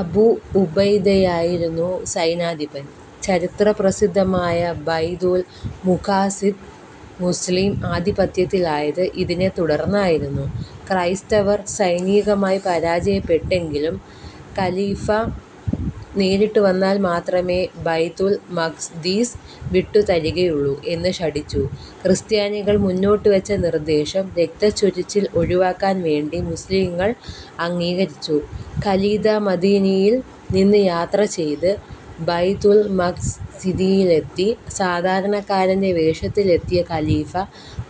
അബൂഉബൈദയായിരുന്നു സൈന്യാധിപൻ. ചരിത്രപസിദ്ധമായ ബൈതുൽ മുഖദ്ദിസ് മുസ്ലിം ആധിപത്യത്തിലായത് ഇതിനെത്തുടർന്നായിരുന്നു. ക്രൈസ്തവർ സൈനികമായി പരാജയപ്പെട്ടെങ്കിലും ഖലീഫ നേരിട്ടുവന്നാൽ മാത്രമേ ബൈതുൽ മഖ്ദിസ് വിട്ടുതരികയുള്ളൂ എന്ന് ശഠിച്ചു. ക്രിസ്ത്യാനികൾ മുന്നോട്ടുവെച്ച നിർദ്ദേശം രക്തച്ചൊരിച്ചിൽ ഒഴിവാക്കാൻ വേണ്ടി മുസ്ലിംകൾ അംഗീകരിച്ചു. ഖലീഫ മദീനയിൽ നിന്ന് യാത്രചെയ്ത് ബൈതുൽമഖ്ദിസിലെത്തി. സാധാരണക്കാരന്റെ വേഷത്തിലെത്തിയ ഖലീഫ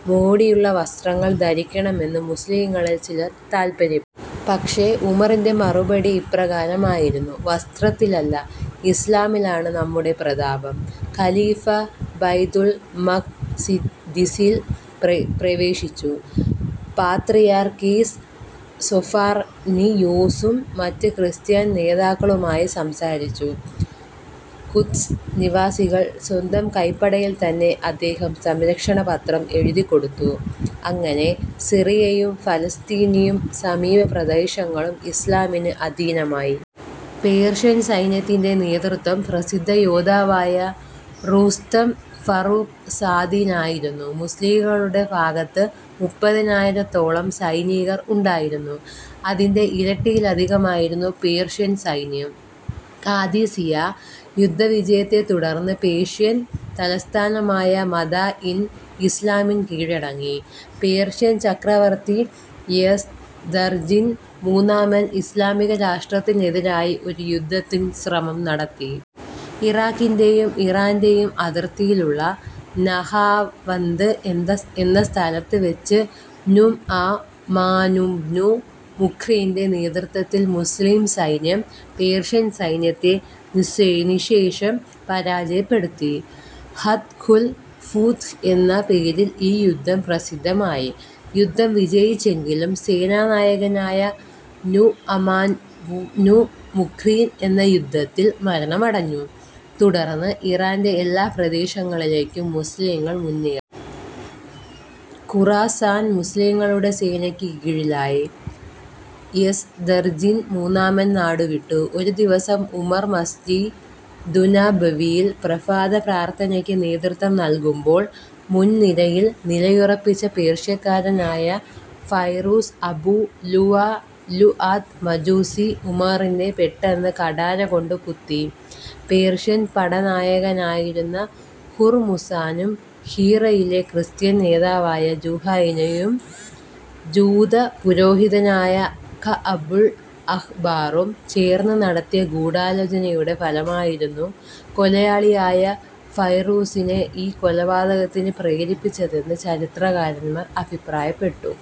മോടിയുള്ള വസ്ത്രം ധരിക്കണമെന്ന് മുസ്ലിംകളിൽ ചിലർ താൽപര്യപ്പെട്ടു. പക്ഷേ, ഉമറിന്റെ മറുപടി ഇപ്രകാരമായിരുന്നു: 'വസ്ത്രത്തിലല്ല, ഇസ്ലാമിലാണ് നമ്മുടെ പ്രതാപം. ' ഖലീഫ ബൈതുൽമഖ്ദിസിൽ പ്രവേശിച്ചു. പാത്രിയാർക്കീസ് സ്വഫർനിയൂസും മറ്റ് ക്രിസ്ത്യൻ നേതാക്കളുമായി സംസാരിച്ചു. ഖുദ്സ് നിവാസികൾക്ക് സ്വന്തം കൈപ്പടയിൽ തന്നെ അദ്ദേഹം സംരക്ഷണപത്രം എഴുതിക്കൊടുത്തു. അങ്ങനെ സിറിയയും ഫലസ്തീനും സമീപ പ്രദേശങ്ങളും ഇസ്ലാമിന് അധീനമായി. പേർഷ്യൻ സൈന്യത്തിന്റെ നേതൃത്വം പ്രസിദ്ധയോദ്ധാവായ റുസ്തം ഫറൂഖ്സാദിനായിരുന്നു. മുസ്ലിംകളുടെ ഭാഗത്ത് മുപ്പതിനായിരത്തോളം സൈനികർ ഉണ്ടായിരുന്നു. അതിന്റെ ഇരട്ടിയിലധികമായിരുന്നു പേർഷ്യൻ സൈന്യം. ഖാദിസിയ്യാ യുദ്ധവിജയത്തെ തുടർന്ന് പേർഷ്യൻ തലസ്ഥാനമായ മദാഇൻ ഇസ്ലാമിന് കീഴടങ്ങി.. പേർഷ്യൻ ചക്രവർത്തി യസ്ദർജിർദ് മൂന്നാമൻ ഇസ്ലാമിക രാഷ്ട്രത്തിനെതിരായി ഒരു യുദ്ധത്തിന് ശ്രമം നടത്തി. ഇറാഖിന്റെയും ഇറാന്റെയും അതിർത്തിയിലുള്ള നഹാവന്ത് എന്ന സ്ഥലത്തുവെച്ച് നുഅ്മാനുബ്നു മുഖ്രിൻറെ നേതൃത്വത്തിൽ മുസ്ലിം സൈന്യം പേർഷ്യൻ സൈന്യത്തെ നിശ്ശേഷം പരാജയപ്പെടുത്തി. ഫത്ഹുൽ ഫുതൂഹ് എന്ന പേരിൽ ഈ യുദ്ധം പ്രസിദ്ധമായി. യുദ്ധം വിജയിച്ചെങ്കിലും സേനാ നായകനായ നുഅ്മാനുബ്നു മുഖ്രിൻ ഈ യുദ്ധത്തിൽ മരണമടഞ്ഞു. തുടർന്ന് ഇറാന്റെ എല്ലാ പ്രദേശങ്ങളിലേക്കും മുസ്ലിംകൾ മുന്നേറി. ഖുറാസാൻ മുസ്ലീങ്ങളുടെ സേനക്ക് കീഴിലായി. യസ്ദർജിർദ് മൂന്നാമൻ നാടുവിട്ടു. ഒരു ദിവസം ഉമർ മസ്ജിദുന്നബവിയിൽ പ്രഭാത പ്രാർത്ഥനക്ക് നേതൃത്വം നൽകുമ്പോൾ, മുൻനിരയിൽ നിലയുറപ്പിച്ച പേർഷ്യക്കാരനായ ഫൈറൂസ് അബൂ ലുഅ് ലുഅത്ത് മജൂസി, ഉമറിനെ പെട്ടെന്ന് കഠാരകൊണ്ട് കുത്തി. പേർഷ്യൻ പടനായകനായിരുന്ന ഹുർമുസാനും ഹീറയിലെ ക്രിസ്ത്യൻ നേതാവായ ജുഫൈനയും ജൂതപുരോഹിതനായ കഅ്ബുൽ അഹ്ബാറും ചേർന്നു നടത്തിയ ഗൂഢാലോചനയുടെ ഫലമായിരുന്നു കൊലയാളിയായ ഫൈറൂസിനെ ഈ കൊലപാതകത്തിന് പ്രേരിപ്പിച്ചതെന്ന് ചരിത്രകാരന്മാർ അഭിപ്രായപ്പെടുന്നു.